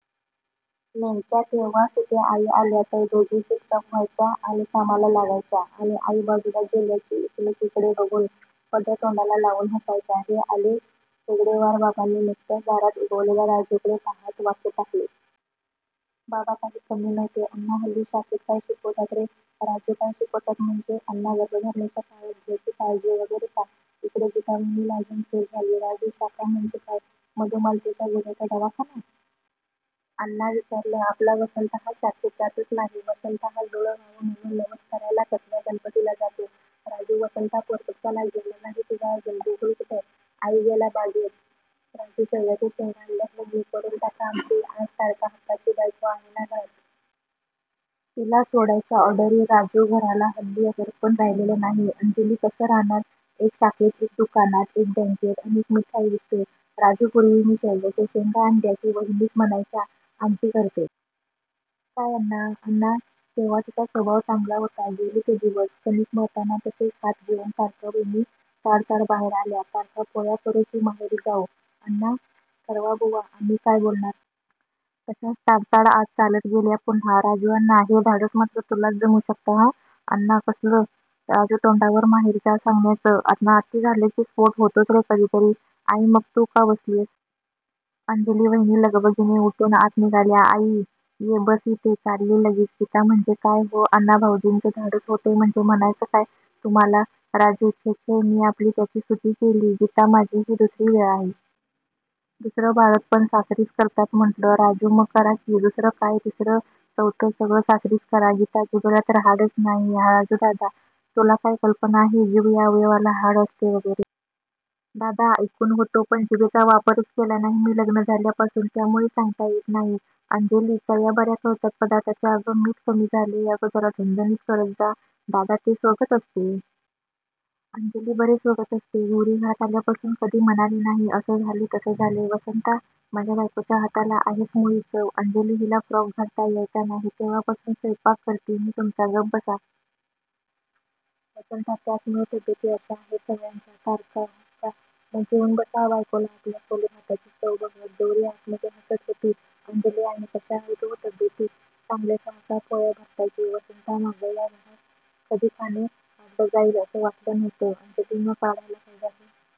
नेमक्या तेव्हाच तिथे आई आल्या तर दोघी चूपचाप व्हायच्या आणि कामाला लागायच्या आणि आई बाजूला गेल्या की एकमेकींकडे बघून पदर तोंडाला लावून हासायच्या. हे आले. हेगडेवार बाबांनी नुकत्याच दारात उगवलेल्या राजूकडे पाहात वाक्य टाकले. बाबा काही कमी नव्हते. अण्णा हल्ली शाखेत काय शिकवतात रे? राजू काय शिकवतात म्हणजे? अण्णा गर्भधारणेच्या काळात घ्यायची काळजी वगैरे का? इकडे गीतावहिनी लाजून चूर झाली. राजू शाखा म्हणजे काय मधुमालती गुणेंचा दवाखानाय?? अण्णा विचारलं आपलं वसंता हा शाखेत जातच नाही. वसंता हा जुळं व्हावं म्हणून नवस करायला कसबा गणपतीला जातो. राजू वसंता पोरकटपणा गेलेला नाही तुझा अजून बिगुल कुठेय? आई गेला बागेत. राजू शेवग्याच्या शेंगा आणल्यात वहिनी करून टाका आमटी आज तारका हक्काची बायको आहे ना घरात? तिला सोडायच्या ऑर्डरी राजू घराला हल्ली घरपण राहिलेलं नाहीये. अंजली कसं राहणार? एक शाखेत, एक दुकानात, एक बॅन्केत अन एक मिठाई विकतोय. राजू पुर्वी मी शेवग्याच्या शेंगा आणल्या की वहिनीच म्हणायच्या आमटी करते. काय अण्णा? अण्णा तेव्हा तिचा स्वभाव चांगला होता. गेले ते दिवस. कणीक मळताना तसेच हात घेऊन तारका वहिनी ताडताड बाहेर आल्या. तारका पोळ्या करू की माहेरी जाऊ? अण्णा ठरवा बुवा. आम्ही काय बोलणार? तशाच ताडताड आत चालत गेल्या पुन्हा! राजू अण्णा. हे धाडस मात्र तुलाच जमू शकतं हां? अण्णा कसलं? राजू तोंडावर माहेरी जा सांगण्याचं. अण्णा अती झालं की स्फोट होतोच रे कधीतरी. आई मग तू का बसलीयस? अंजली वहिनी लगबगीने उठून आत निघाल्या. आई ए. बस इथे. चालली लगेच. गीता म्हणजे काय हो?अण्णाभावजींचं धाडस होतं म्हणजे म्हणायचंय काय तुम्हाला? राजू छे छे. मी आपली त्याची स्तुती केली. गीता माझी ही दुसरी वेळ आहे. दुसरं बाळंतपण सासरीच करतात म्हंटलं. राजू मग करा की, दुसरं काय, तिसरं, चौथं सगळं सासरीच करा. गीता जिभेला तर हाडच नाहीये. राजू दादा? तुला काही कल्पना आहे? जीभ या अवयवाला हाड असते वगैरे? दादा ऐकून होतो. पण जीभेचा वापरच केलेला नाहीये मी लग्न झाल्यापासून. त्यामुळे सांगता येत नाही. अंजली चवी बर्या कळतात पदार्थांच्या अगं. मीठ कमी झालंय. अगं. जरा झणझणीत करत जा. दादा ते स्वगत असते. अंजली बरे स्वगत असते. गौरी घरात आल्यापासून कधी म्हणाले नाहीत. असं झालंय तसं झालंय. वसंता माझ्या बायकोच्या हाताला आहेच मुळी चव. अंजली हिला फ्रॉक घालता यायचा नाही तेव्हापासून स्वयंपाक करतीय मी तुमचा गप्प बसा. वसंता त्याचमुळे तब्येती अशा आहेत सगळ्यांच्या. तारका हो क्का? मग घेऊन बसा बायकोला आपल्या खोलीत हातांची चव बघत. गौरी आतमध्ये हसत होती. अंजली आणि कशायत हो तब्येती? चांगले सहा सहा पोळ्या भरताय की वसंता या घरात माझं कधी खाणं काढलं जाईल असं वाटलं नव्हतं. अंजली न काढायला काय झालंय.